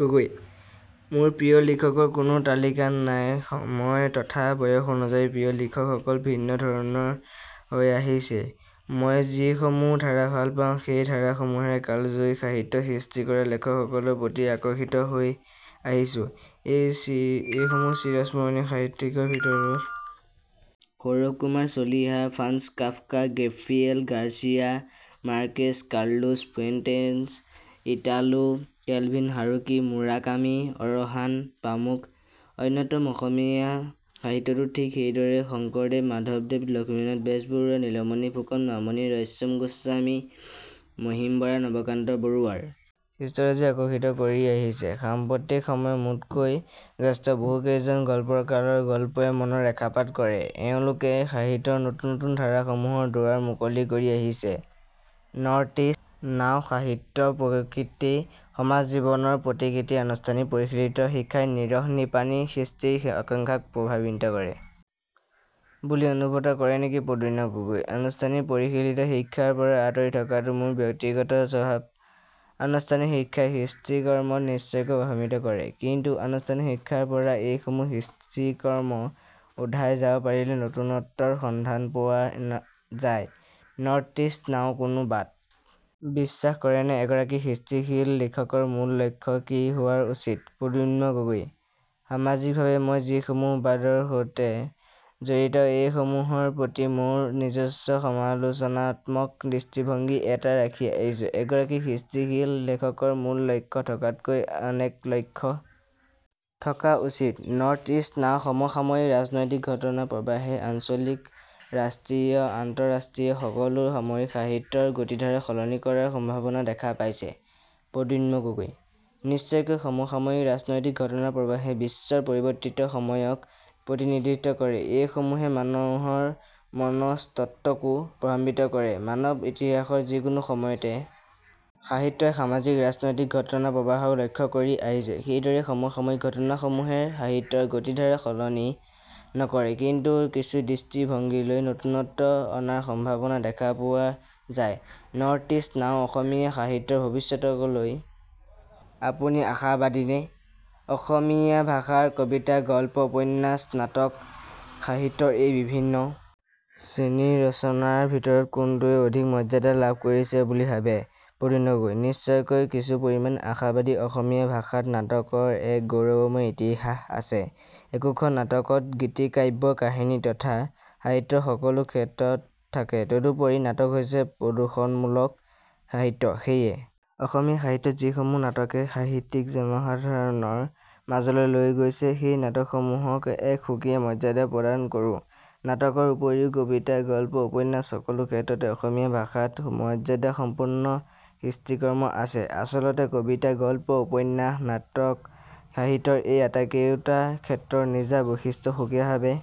গগৈ:মোৰ প্ৰিয় লেখকৰ কোনো তালিকা নাইসময় তথা বয়স অনুযায়ী প্ৰিয় লেখকসকল ভিন্ন ধৰণৰ হৈ আহিছেমই যিসমূহ ধাৰা ভাল পাওঁ সেই ধাৰাসমূহেৰে কালজয়ী সাহিত্য সৃষ্টি কৰা লেখকসকলৰ প্ৰতি আকৰ্ষিত হৈ আহিছোএইসমূহ চিৰঃস্মৰণীয় সাহিত্যিকৰ ভিতৰত Saurabh Kumar Chaliha Franz Kafka Gabriel Garcia Marquez Carlos Fuentes Italo Calvino Haruki Murakami Orhan Pamuk অন্যতমঅসমীয়া সাহিত্যতো ঠিক সেইদৰে শংকৰদেৱ মাধৱদেৱ লক্ষ্মীনাথ বেজবৰুৱা নীলমণি ফুকন মামণি ৰয়ছম গোস্বামী মহিম বৰা নৱকান্ত বৰুৱাৰ সৃষ্টিৰাজীয়ে আকৰ্ষিত কৰি আহিছেসাম্প্ৰতিক সময়ৰ মোতকৈ জ্যেষ্ঠ বহুকেইজন গল্পকাৰৰ গল্পই মনত ৰেখাপাত কৰেএওঁলোকে সাহিত্যৰ নতুন নতুন ধাৰাসমূহৰ দুৱাৰ মুকলি কৰি আহিছেনৰ্থইষ্ট নাওসাহিত্য প্ৰকৃতি সমাজ জীৱনৰ প্ৰতিকৃতিআনুষ্ঠানিক পৰিশীলিত শিক্ষাই নিৰহনিপানী সৃষ্টিৰ আকাংক্ষাক প্ৰভাৱিত কৰে বুলি অনুভৱ কৰে নেকি প্ৰদ্যুন্ম গগৈ:আনুষ্ঠানিক পৰিশীলিত শিক্ষাৰ পৰা আঁতৰি থকাটো মোৰ ব্যক্তিগত স্বভাৱআনুষ্ঠানিক শিক্ষাই সৃষ্টিকৰ্মত নিশ্চয়কৈ প্ৰভাৱান্বিত কৰেকিন্তু আনুষ্ঠানিক শিক্ষাৰ পৰা এইসমূহ সৃষ্টিকৰ্ম উধাই যাব পাৰিলে নতুনত্বৰ সন্ধান পোৱা যায়নৰ্থইষ্ট নাওকোনো বাদ বিশ্বাস কৰেনে এগৰাকী সৃষ্টিশীল লিখকৰ মূল লক্ষ্য কি হোৱা উচিত প্ৰদ্যুন্ম গগৈ:সামাজিকভাৱে মই যিসমূহ বাদৰ সতে জড়িত এইসমূহৰ প্ৰতি মোৰ নিজস্ব সমালোচনাত্মক দৃষ্টিভংগী এটা ৰাখি আহিছোএগৰাকী সৃষ্টিশীল লেখকৰ মূল লক্ষ্য থকাতকৈ অনেক লক্ষ্য থকা উচিতনৰ্থইষ্ট নাওসমসাময়িক ৰাজনৈতিক ঘটনা প্ৰবাহে আঞ্চলিকৰাষ্ট্ৰীয়আন্ত:ৰাষ্ট্ৰীয় সকলো সামৰি সাহিত্যৰ গতিধাৰা সলনি কৰাৰ সম্ভাৱনা দেখা পাইছে প্ৰদ্যুন্ম গগৈ:নিশ্চয়কৈ সমসাময়িক ৰাজনৈতিক ঘটনাপ্ৰৱাহে বিশ্বৰ পৰিৱৰ্তিত সময়ক প্ৰতিনিধিত্ব কৰেএইসমূহে মানুহৰ মনঃস্তত্বকো প্ৰভাৱান্বিত কৰেমানৱ ইতিহাসৰ যিকোনো সময়তে সাহিত্যই সামাজিক ৰাজনৈতিক ঘটনাপ্ৰৱাহক লক্ষ্য কৰি আহিছেসেইদৰে সমসাময়িক ঘটনাসমূহে সাহিত্যৰ গতিধাৰা সলনি নকৰে কিন্তু কিছু দৃষ্টিভংগীলৈ নতুনত্ব অনাৰ সম্ভাৱনা দেখা পোৱা যায়নৰ্থইষ্ট নাওঅসমীয়া সাহিত্যৰ ভৱিষ্যতকলৈ আপুনি আশাবাদীনে অসমীয়া ভাষাৰ কবিতাগল্পউপন্যাসনাটক সাহিত্যৰ এই বিভিন্ন শ্ৰেণীৰ ৰচনাৰ ভিতৰত কোনটোৱে অধিক মৰ্যাদা লাভ কৰিছে বুলি ভাৱে প্ৰদ্যুন্ম গগৈ:নিশ্চয়কৈ কিছু পৰিমাণে আশাবাদীঅসমীয়া ভাষাত নাটকৰ এক গৌৰৱময় ইতিহাস আছেএকোখন নাটকত গীতিকাব্য কাহিনী তথা সাহিত্যৰ সকলো ক্ষেত্ৰ থাকেতদুপৰি নাটক হৈছে প্ৰদৰ্শনমূলক সাহিত্যসেয়ে অসমীয়া সাহিত্যত যিসমূহ নাটকে সাহিত্যক জনসাধাৰণৰ মাজলৈ লৈ গৈছে সেই নাটকসমূহক এক সুকীয়া মৰ্যাদা প্ৰদান কৰোনাটকৰ উপৰিও কবিতাগল্পউপন্যাস সকলো ক্ষেত্ৰতে অসমীয়া ভাষাত মৰ্যাদাসম্পন্ন সৃষ্টিকৰ্ম আছেআচলতে কবিতা গল্প উপন্যাস নাটক সাহিত্যৰ এই আটাইকেওটা ক্ষেত্ৰৰ নিজা বৈশিষ্ট্য সুকীয়াভাৱে